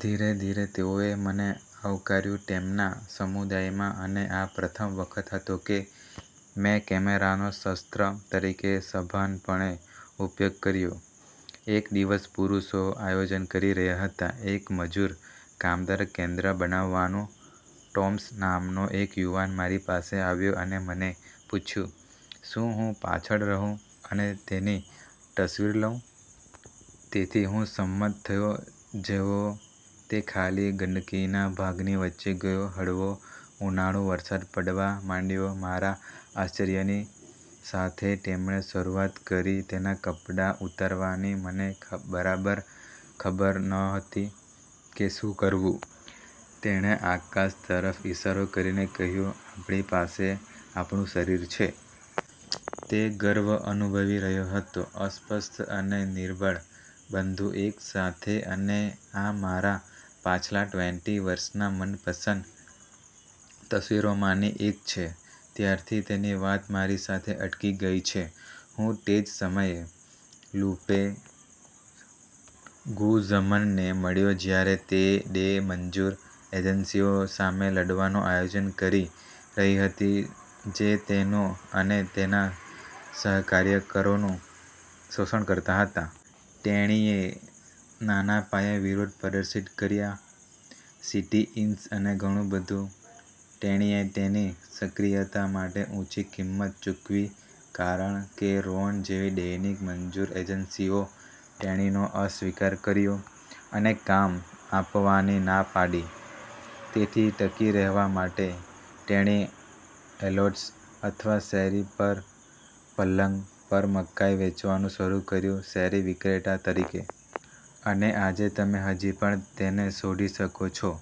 ધીરે ધીરે તેઓએ મને આવકાર્યું તેમના સમુદાયમાં. અને આ પ્રથમ વખત હતો કે મેં કેમેરાનો શસ્ત્ર તરીકે સભાનપણે ઉપયોગ કર્યો. એક દિવસ, પુરુષો આયોજન કરી રહ્યા હતા એક મજૂર કામદાર કેન્દ્ર બનાવવાનું. ટોમ્સ નામનો એક યુવાન મારી પાસે આવ્યો અને મને પૂછ્યું, "શું હું પાછળ રહું અને તેની તસ્વીર લઉં?" તેથી હું સંમત થયો. જેવો તે ખાલી ગંદકીના ભાગની વચ્ચે ગયો, હળવો ઉનાળુ વરસાદ પડવા માંડ્યો. મારા આશ્ચર્યની સાથે તેમણે શરૂઆત કરી તેના કપડાં ઉતારવાની. મને બરાબર ખબર નહોતી કે શું કરવું. તેણે આકાશ તરફ ઇશારો કરીને કહ્યું, "આપણી પાસે આપણું શરીર છે." તે ગર્વ અનુભવી રહ્યો હતો અસ્પષ્ટ અને નિર્બળ, બધું એક સાથે. અને આ મારા પાછલા ટ્વેન્ટી વર્ષનાં મનપસંદ તસ્વીરોમાંની એક છે. ત્યારથી તેની વાત મારી સાથે અટકી ગઈ છે. હું તે જ સમયે લૂપે ગુઝમનને મળ્યો જ્યારે તે ડે મજૂર એજન્સીઓ સામે લડવાનું આયોજન કરી રહી હતી જે તેનું અને તેના સહકાર્યકરોનું શોષણ કરતા હતા. તેણીએ નાના પાયે વિરોધ પ્રદર્શિત કર્યા, સિટી-ઇન્સ અને ઘણું બધું. તેણીએ તેની સક્રિયતા માટે ઉંચી કિંમત ચૂકવી કારણ કે રોન જેવી દૈનિક મજૂર એજન્સીઓ તેણીનો અસ્વિકાર કર્યો અને કામ આપવાની ના પાડી. તેથી ટકી રહેવા માટે તેણી એલોટ્સ અથવા શેરી પર પલંગ પર મકાઈ વેચવાનું શરૂ કર્યું શેરી વિક્રેતા તરીકે. અને આજે તમે હજી પણ તેને શોધી શકો છો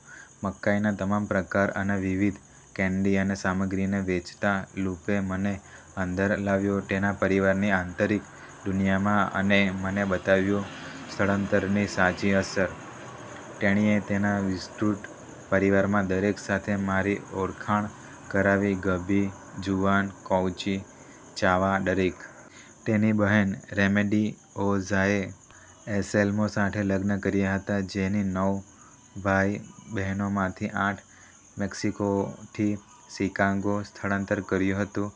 મકાઈના તમામ પ્રકાર અને વિવિધ કેન્ડી અને સામગ્રીને વેચતા. લૂપે મને અંદર લાવ્યો તેના પરિવારની આંતરિક દુનિયામાં અને મને બતાવ્યું સ્થળાંતરની સાચી અસર. તેણીએ તેના વિસ્તૃત પરિવારમાં દરેક સાથે મારી ઓળખાણ કરાવી, ગબી, જુઆન, કોંચી, ચાવા, દરેક. તેની બહેન રેમેડિઓઝ। એ એંસેલ્મો સાથે લગ્ન કર્યા હતા જેની નવ ભાઇ બહેનોમાંથી આઠ મેક્સિકોથી શિકાગો સ્થળાંતર કર્યું હતું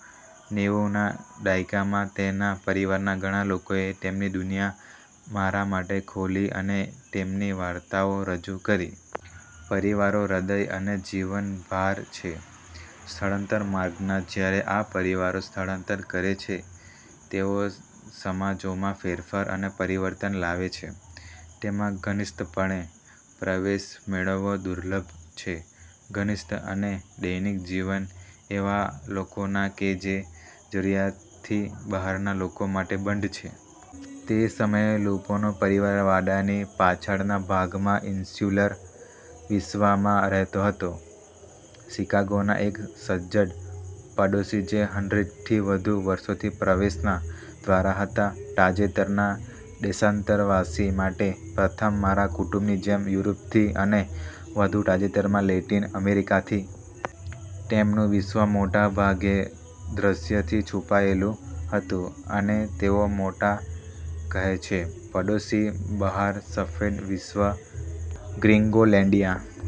નેવુંના દાયકામાં. તેના પરિવારના ઘણા લોકોએ તેમની દુનિયા મારા માટે ખોલી અને તેમની વાર્તાઓ રજૂ કરી. પરિવારો હૃદય અને જીવનભાર છે સ્થળાંતર માર્ગના. જ્યારે આ પરિવારો સ્થળાંતર કરે છે, તેઓ સમાજોમાં ફેરફાર અને પરિવર્તન લાવે છે. તેમાં ઘનિષ્ઠપણે પ્રવેશ મેળવવો દુર્લભ છે. ઘનિષ્ઠ અને દૈનિક જીવન એવા લોકોના કે જે જરૂરીયાતથી બહારના લોકો માટે બંધ છે. તે સમયે, લુપેનો પરિવાર વાડાની પાછળના ભાગમાં ઇન્સ્યુલર વિશ્વમાં રહેતો હતો, શિકાગોના એક સજ્જડ પડોશી, જે હન્ડ્રેડ થી વધુ વર્ષોથી પ્રવેશના દ્વાર હતા તાજેતરના દેશાંતરવાસી માટે. પ્રથમ, મારા કુટુંબની જેમ, યુરોપથી, અને વધુ તાજેતરમાં, લેટિન અમેરિકાથી. તેમનું વિશ્વ મોટા ભાગે દૃશ્યથી છુપાયેલું હતું. અને તેઓ મોટા કહે છે, "પડોશી બહાર સફેદ વિશ્વ ગ્રિંગોલેન્ડિયા."